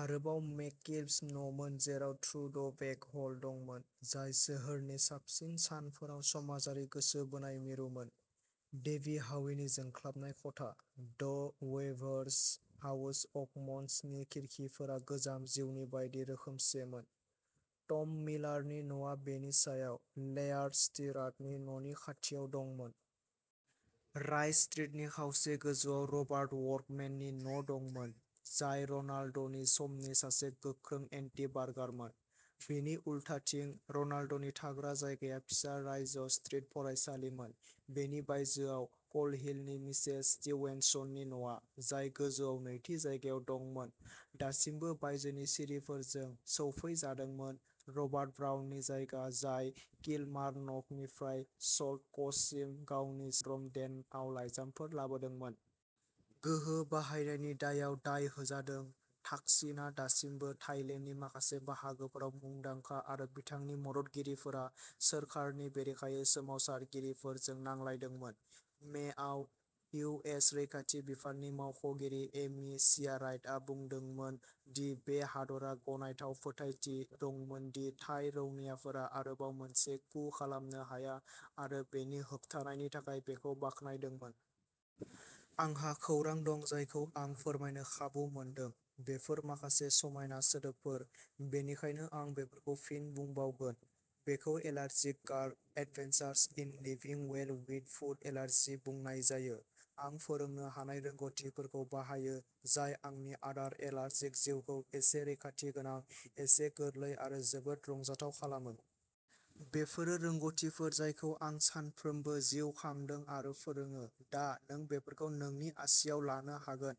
आरोबाव मेककिलप्सनि न'मोन, जेराव "थ्रु द बेक" ह'ल दंमोन, जाय सोहोरनि साबसिन सानफोराव समाजारि गोसो बोनाय मिरुमोन। डेभि हाविनि जोंख्लाबनाय खथा। "द वीवर्स हाउस अ'कमन्स" नि खिरखिफोरा गोजाम जिउनि बायदि रोखोमसेमोन। टम मिलारनि न'आ बेनि सायाव, लेयार्ड स्टिराटनि न'नि खाथियाव दंमोन। राइज स्ट्रीटनि खावसे गोजौआव रबार्ट वर्कमेननि न'दंमोन, जाय र'नाल्डनि समनि सासे गोख्रों एन्टी-बार्गारमोन। बिनि उल्थाथिं। र'नाल्डनि थाग्रा जायगाया फिसा रायज स्ट्रीट फरायसालिमोन; बेनि बायजोआव, क'ल्हिलनि मिसेस स्टीवेन्सननि न'आ, जाय गोजौआव नैथि जायगायाव दंमोन, दासिमबो बायजोनि सिरिफोरजों सौफैजादोंमोन, रबार्ट ब्राउननि जायगा जाय किलमार्नकनिफ्राय सल्टक'ट्ससिम गावनि "शानड्रम डेन" आव लाइजामफोर लाबोदोंमोन। गोहो बाहायनायनि दायआव दाय होजादों। थाकसिनआ दासिमबो थाइलेन्डनि माखासे बाहागोफोराव मुंदांखा, आरो बिथांनि मददगिरिफोरा सोरखारनि बेरेखायै सोमावसारगिरिफोरजों नांलायदोंमोन। मेआव, इउ. एस. रैखाथि बिफाननि मावख'गिरि एमि सियाराइटआ बुंदोंमोन दि बे हादरा "गनायथाव फोथायथि" दंमोन दि थाइ रौनियाफोरा आरोबाव मोनसे कू खालामनो हाया आरो बेनि होबथानायनि थाखाय बेखौ बाख्नायदोंमोन। आंहा खौरां दं जायखौ आं फोरमायनो खाबु मोनदों। बेफोर माखासे समायना सोदोबफोर, बेनिखायनो आं बेफोरखौ फिन बुंबावगोन। बेखौ allergic girl adventurous in living well with food allergy बुंनाय जायो। आं फोरोंनो हानाय रोंग'थिफोरखौ बाहायो जाय आंनि आदार एलार्जिक जिउखौ एसे रैखाथि गोनां, एसे गोरलै आरो जोबोद रंजाथाव खालामो। बेफोरो रोंग'थिफोर जायखौ आं सानफ्रोमबो जिउ खांदों आरो फोरोङो। दा, नों बेफोरखौ नोंनि आसिआव लानो हागोन!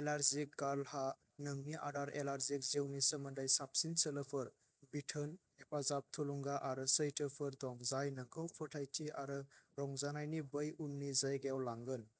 एलार्जिक गार्लहा नोंनि आदार एलार्जिक जिउनि सोमोन्दै साबसिन सोलोफोर, बिथोन, हेफाजाब, थुलुंगा आरो सैथोफोर दं जाय नोंखौ फोथायथि आरो रंजानायनि बै उननि जायगायाव लांगोन।